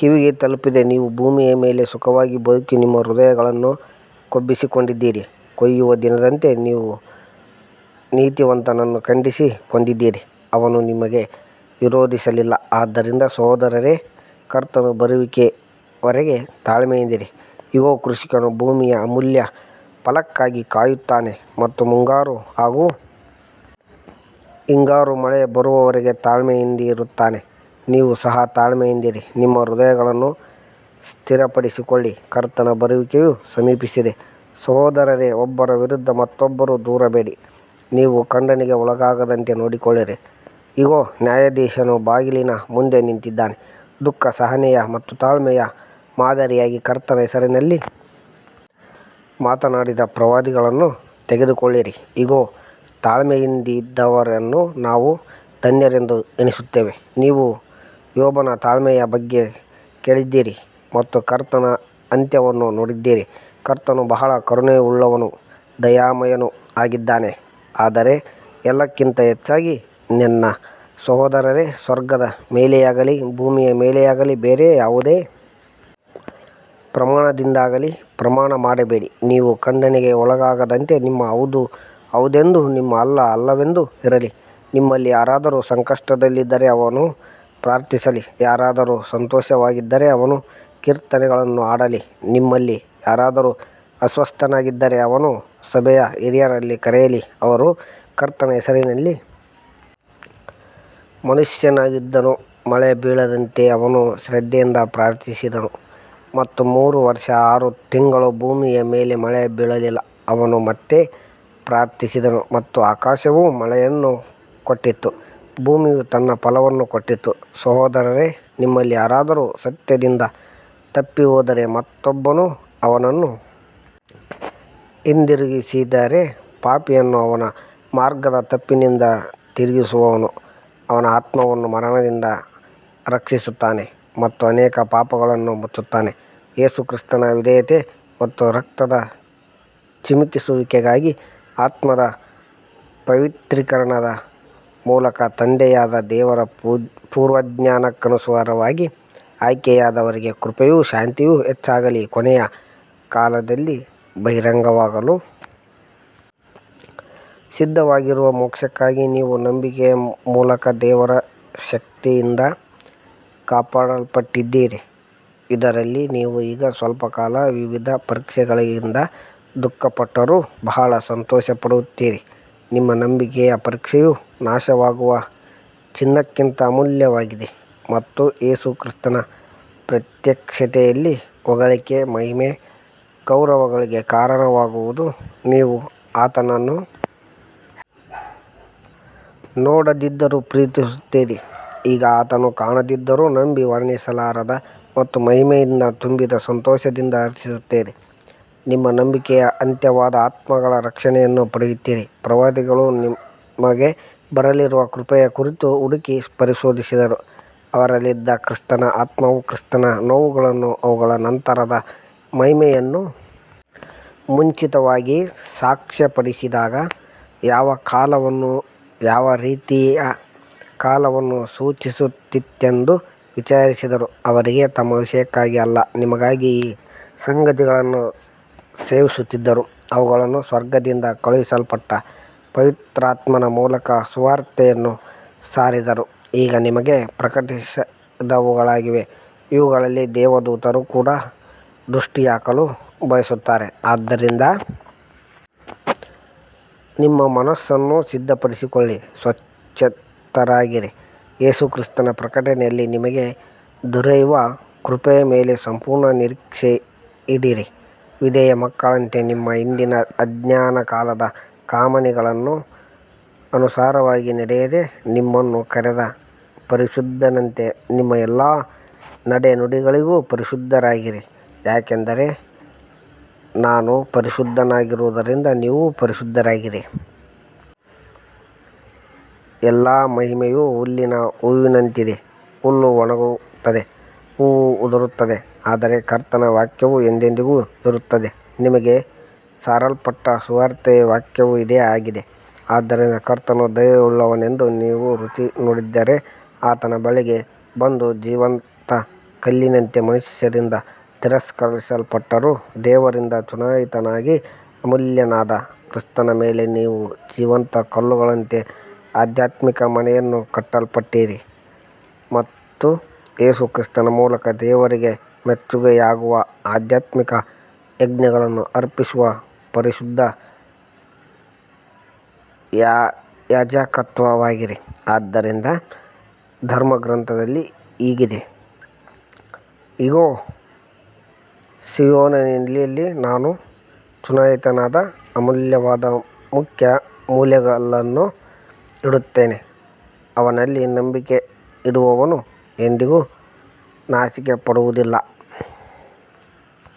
ಕಿವಿಗೆ ತಲುಪಿದೆ ನೀವು ಭೂಮಿಯ ಮೇಲೆ ಸುಖವಾಗಿ ಬದುಕಿ ನಿಮ್ಮ ಹೃದಯಗಳನ್ನು ಕೊಬ್ಬಿಸಿಕೊಂಡಿದ್ದೀರಿ ಕೊಯ್ಯುವ ದಿನದಂತೆ ನೀವು ನೀತಿವಂತನನ್ನು ಖಂಡಿಸಿ ಕೊಂದಿದ್ದೀರಿ ಅವನು ನಿಮಗೆ ವಿರೋಧಿಸಲಿಲ್ಲ ಆದ್ದರಿಂದ ಸಹೋದರರೇ ಕರ್ತನ ಬರುವಿಕೆಯವರೆಗೆ ತಾಳ್ಮೆಯಿಂದಿರಿ ಇಗೋ ಕೃಷಿಕನು ಭೂಮಿಯ ಅಮೂಲ್ಯ ಫಲಕ್ಕಾಗಿ ಕಾಯುತ್ತಾನೆ ಮತ್ತು ಮುಂಗಾರು ಹಾಗೂ ಹಿಂಗಾರು ಮಳೆ ಬರುವವರೆಗೆ ತಾಳ್ಮೆಯಿಂದಿರುತ್ತಾನೆ ನೀವು ಸಹ ತಾಳ್ಮೆಯಿಂದಿರಿ ನಿಮ್ಮ ಹೃದಯಗಳನ್ನು ಸ್ಥಿರಪಡಿಸಿಕೊಳ್ಳಿರಿ ಕರ್ತನ ಬರುವಿಕೆಯು ಸಮೀಪಿಸಿದೆ ಸಹೋದರರೇ ಒಬ್ಬರ ವಿರುದ್ಧ ಮತ್ತೊಬ್ಬರು ದೂರುಬೇಡಿ ನೀವು ಖಂಡನೆಗೆ ಒಳಗಾಗದಂತೆ ನೋಡಿಕೊಳ್ಳಿರಿ ಇಗೋ ನ್ಯಾಯಾಧೀಶನು ಬಾಗಿಲಿನ ಮುಂದೆ ನಿಂತಿದ್ದಾನೆ ದುಃಖಸಹನೆಯ ಮತ್ತು ತಾಳ್ಮೆಯ ಮಾದರಿಯಾಗಿ ಕರ್ತನ ಹೆಸರಿನಲ್ಲಿ ಮಾತನಾಡಿದ ಪ್ರವಾದಿಗಳನ್ನು ತೆಗೆದುಕೊಳ್ಳಿರಿ ಇಗೋ ತಾಳ್ಮೆಯಿಂದಿದ್ದವರನ್ನು ನಾವು ಧನ್ಯರೆಂದು ಎಣಿಸುತ್ತೇವೆ ನೀವು ಯೋಬನ ತಾಳ್ಮೆಯ ಬಗ್ಗೆ ಕೇಳಿದ್ದೀರಿ ಮತ್ತು ಕರ್ತನ ಅಂತ್ಯವನ್ನು ನೋಡಿದ್ದೀರಿ ಕರ್ತನು ಬಹಳ ಕರುಣೆಯುಳ್ಳವನೂ ದಯಾಮಯನೂ ಆಗಿದ್ದಾನೆ ಆದರೆ ಎಲ್ಲಕ್ಕಿಂತ ಹೆಚ್ಚಾಗಿ ನನ್ನ ಸಹೋದರರೇ ಸ್ವರ್ಗದ ಮೇಲೆಯಾಗಲಿ ಭೂಮಿಯ ಮೇಲೆಯಾಗಲಿ ಬೇರೆ ಯಾವುದೇ ಪ್ರಮಾಣದಿಂದಾಗಲಿ ಪ್ರಮಾಣ ಮಾಡಬೇಡಿ ನೀವು ಖಂಡನೆಗೆ ಒಳಗಾಗದಂತೆ ನಿಮ್ಮ ಹೌದು ಹೌದೆಂದೂ ನಿಮ್ಮ ಅಲ್ಲ ಅಲ್ಲವೆಂದೂ ಇರಲಿ ನಿಮ್ಮಲ್ಲಿ ಯಾರಾದರೂ ಸಂಕಟದಲ್ಲಿದ್ದರೆ ಅವನು ಪ್ರಾರ್ಥಿಸಲಿ ಯಾರಾದರೂ ಸಂತೋಷವಾಗಿದ್ದರೆ ಅವನು ಕೀರ್ತನೆಗಳನ್ನು ಹಾಡಲಿ ನಿಮ್ಮಲ್ಲಿ ಯಾರಾದರೂ ಅಸ್ವಸ್ಥನಾಗಿದ್ದರೆ ಅವನು ಸಭೆಯ ಹಿರಿಯರನ್ನು ಕರೆಯಲಿ ಅವರು ಕರ್ತನ ಹೆಸರಿನಲ್ಲಿ ಮನುಷ್ಯನಾಗಿದ್ದನು ಮಳೆ ಬೀಳದಂತೆ ಅವನು ಶ್ರದ್ಧೆಯಿಂದ ಪ್ರಾರ್ಥಿಸಿದನು ಮತ್ತು ಮೂರು ವರ್ಷ ಆರು ತಿಂಗಳು ಭೂಮಿಯ ಮೇಲೆ ಮಳೆ ಬೀಳಲಿಲ್ಲ ಅವನು ಮತ್ತೆ ಪ್ರಾರ್ಥಿಸಿದನು ಮತ್ತು ಆಕಾಶವು ಮಳೆಯನ್ನು ಕೊಟ್ಟಿತು ಭೂಮಿಯು ತನ್ನ ಫಲವನ್ನು ಕೊಟ್ಟಿತು ಸಹೋದರರೇ ನಿಮ್ಮಲ್ಲಿ ಯಾರಾದರೂ ಸತ್ಯದಿಂದ ತಪ್ಪಿಹೋದರೆ ಮತ್ತೊಬ್ಬನು ಅವನನ್ನು ಹಿಂದಿರುಗಿಸಿದರೆ ಪಾಪಿಯನ್ನು ಅವನ ಮಾರ್ಗದ ತಪ್ಪಿನಿಂದ ತಿರುಗಿಸುವವನು ಅವನ ಆತ್ಮವನ್ನು ಮರಣದಿಂದ ರಕ್ಷಿಸುತ್ತಾನೆ ಮತ್ತು ಅನೇಕ ಪಾಪಗಳನ್ನು ಮುಚ್ಚುತ್ತಾನೆ ಯೇಸು ಕ್ರಿಸ್ತನ ವಿಧೇಯತೆ ಮತ್ತು ರಕ್ತದ ಚಿಮುಕಿಸುವಿಕೆಗಾಗಿ ಆತ್ಮದ ಪವಿತ್ರೀಕರಣದ ಮೂಲಕ ತಂದೆಯಾದ ದೇವರ ಪೂರ್ವಜ್ಞಾನಕ್ಕನುಸಾರವಾಗಿ ಆಯ್ಕೆಯಾದವರಿಗೆ ಕೃಪೆಯೂ ಶಾಂತಿಯೂ ಹೆಚ್ಚಾಗಲಿ ಕೊನೆಯ ಕಾಲದಲ್ಲಿ ಬಹಿರಂಗವಾಗಲು ಸಿದ್ಧವಾಗಿರುವ ಮೋಕ್ಷಕ್ಕಾಗಿ ನೀವು ನಂಬಿಕೆಯ ಮೂಲಕ ದೇವರ ಶಕ್ತಿಯಿಂದ ಕಾಪಾಡಲ್ಪಟ್ಟಿದ್ದೀರಿ ಇದರಲ್ಲಿ ನೀವು ಈಗ ಸ್ವಲ್ಪಕಾಲ ವಿವಿಧ ಪರೀಕ್ಷೆಗಳಿಂದ ದುಃಖಪಟ್ಟರೂ ಬಹಳ ಸಂತೋಷಪಡುತ್ತೀರಿ ನಿಮ್ಮ ನಂಬಿಕೆಯ ಪರೀಕ್ಷೆಯು ನಾಶವಾಗುವ ಚಿನ್ನಕ್ಕಿಂತ ಅಮೂಲ್ಯವಾಗಿದೆ ಮತ್ತು ಯೇಸು ಕ್ರಿಸ್ತನ ಪ್ರತ್ಯಕ್ಷತೆಯಲ್ಲಿ ಹೊಗಳಿಕೆ ಮಹಿಮೆ ಗೌರವಗಳಿಗೆ ಕಾರಣವಾಗುವುದು ನೀವು ಆತನನ್ನು ನೋಡದಿದ್ದರೂ ಪ್ರೀತಿಸುತ್ತೀರಿ ಈಗ ಆತನನ್ನು ಕಾಣದಿದ್ದರೂ ನಂಬಿ ವರ್ಣಿಸಲಾರದ ಮತ್ತು ಮಹಿಮೆಯಿಂದ ತುಂಬಿದ ಸಂತೋಷದಿಂದ ಹರ್ಷಿಸುತ್ತೀರಿ ನಿಮ್ಮ ನಂಬಿಕೆಯ ಅಂತ್ಯವಾದ ಆತ್ಮಗಳ ರಕ್ಷಣೆಯನ್ನು ಪಡೆಯುತ್ತೀರಿ ಪ್ರವಾದಿಗಳು ನಿಮಗೆ ಬರಲಿರುವ ಕೃಪೆಯ ಕುರಿತು ಹುಡುಕಿ ಪರಿಶೋಧಿಸಿದರು ಅವರಲ್ಲಿದ್ದ ಕ್ರಿಸ್ತನ ಆತ್ಮವು ಕ್ರಿಸ್ತನ ನೋವುಗಳನ್ನೂ ಅವುಗಳ ನಂತರದ ಮಹಿಮೆಯನ್ನೂ ಮುಂಚಿತವಾಗಿ ಸಾಕ್ಷ್ಯಪಡಿಸಿದಾಗ ಯಾವ ಕಾಲವನ್ನೂ ಯಾವ ರೀತಿಯ ಕಾಲವನ್ನೂ ಸೂಚಿಸುತ್ತಿತ್ತೆಂದು ವಿಚಾರಿಸಿದರು ಅವರಿಗೆ ತಮ್ಮ ವಿಷಯಕ್ಕಾಗಿ ಅಲ್ಲ ನಿಮಗಾಗಿ ಈ ಸಂಗತಿಗಳನ್ನು ಸೇವಿಸುತ್ತಿದ್ದರು ಅವುಗಳನ್ನು ಸ್ವರ್ಗದಿಂದ ಕಳುಹಿಸಲ್ಪಟ್ಟ ಪವಿತ್ರಾತ್ಮನ ಮೂಲಕ ಸುವಾರ್ತೆಯನ್ನು ಸಾರಿದರು ಈಗ ನಿಮಗೆ ಪ್ರಕಟಿಸಿದವುಗಳಾಗಿವೆ ಇವುಗಳಲ್ಲಿ ದೇವದೂತರು ಕೂಡ ದೃಷ್ಟಿಹಾಕಲು ಬಯಸುತ್ತಾರೆ ಆದ್ದರಿಂದ ನಿಮ್ಮ ಮನಸ್ಸನ್ನು ಸಿದ್ಧಪಡಿಸಿಕೊಂಡು ಸ್ವಸ್ಥಚಿತ್ತರಾಗಿರಿ ಯೇಸು ಕ್ರಿಸ್ತನ ಪ್ರಕಟಣೆಯಲ್ಲಿ ನಿಮಗೆ ದೊರೆಯುವ ಕೃಪೆಯ ಮೇಲೆ ಸಂಪೂರ್ಣ ನಿರೀಕ್ಷೆಯಿಡಿರಿ ವಿಧೇಯ ಮಕ್ಕಳಂತೆ ನಿಮ್ಮ ಹಿಂದಿನ ಅಜ್ಞಾನಕಾಲದ ಕಾಮನೆಗಳಿಗೆ ಅನುಸಾರವಾಗಿ ನಡೆಯದೆ ನಿಮ್ಮನ್ನು ಕರೆದ ಪರಿಶುದ್ಧನಂತೆ ನಿಮ್ಮ ಎಲ್ಲಾ ನಡೆನುಡಿಗಳಲ್ಲಿಯೂ ಪರಿಶುದ್ಧರಾಗಿರಿ ಯಾಕಂದರೆ ನಾನು ಪರಿಶುದ್ಧನಾಗಿರುವುದರಿಂದ ನೀವು ಪರಿಶುದ್ಧರಾಗಿರಿ ಎಲ್ಲಾ ಮಹಿಮೆಯೂ ಹುಲ್ಲಿನ ಹೂವಿನಂತಿದೆ ಹುಲ್ಲು ಒಣಗುತ್ತದೆ ಹೂವು ಉದುರುತ್ತದೆ ಆದರೆ ಕರ್ತನ ವಾಕ್ಯವು ಎಂದೆಂದಿಗೂ ಇರುತ್ತದೆ ನಿಮಗೆ ಸಾರಲ್ಪಟ್ಟ ಸುವಾರ್ತೆಯ ವಾಕ್ಯವೂ ಇದೇ ಆಗಿದೆ ಆದ್ದರಿಂದ ಕರ್ತನು ದಯೆಯುಳ್ಳವನೆಂದು ನೀವು ರುಚಿ ನೋಡಿದ್ದರೆ ಆತನ ಬಳಿಗೆ ಬಂದು ಜೀವಂತ ಕಲ್ಲಿನಂತೆ ಮನುಷ್ಯರಿಂದ ತಿರಸ್ಕರಿಸಲ್ಪಟ್ಟರೂ ದೇವರಿಂದ ಚುನಾಯಿತನಾಗಿ ಅಮೂಲ್ಯನಾದ ಕ್ರಿಸ್ತನ ಮೇಲೆ ನೀವೂ ಜೀವಂತ ಕಲ್ಲುಗಳಂತೆ ಆಧ್ಯಾತ್ಮಿಕ ಮನೆಯನ್ನು ಕಟ್ಟಲ್ಪಡಿರಿ ಮತ್ತು ಯೇಸು ಕ್ರಿಸ್ತನ ಮೂಲಕ ದೇವರಿಗೆ ಮೆಚ್ಚುಗೆಯಾಗುವ ಆಧ್ಯಾತ್ಮಿಕ ಯಜ್ಞಗಳನ್ನು ಅರ್ಪಿಸುವ ಪರಿಶುದ್ಧ ಯಾಜಕತ್ವವಾಗಿರಿ ಆದ್ದರಿಂದ ಧರ್ಮಗ್ರಂಥದಲ್ಲಿ ಹೀಗಿದೆ ಇಗೋ ಸೀಯೋನಿನಲ್ಲಿ ನಾನು ಚುನಾಯಿತನಾದ ಅಮೂಲ್ಯವಾದ ಮುಖ್ಯ ಮೂಲೆಗಲ್ಲನ್ನು ಇಡುತ್ತೇನೆ ಅವನಲ್ಲಿ ನಂಬಿಕೆಯಿಡುವವನು ಎಂದಿಗೂ ನಾಚಿಕೆಪಡುವುದಿಲ್ಲ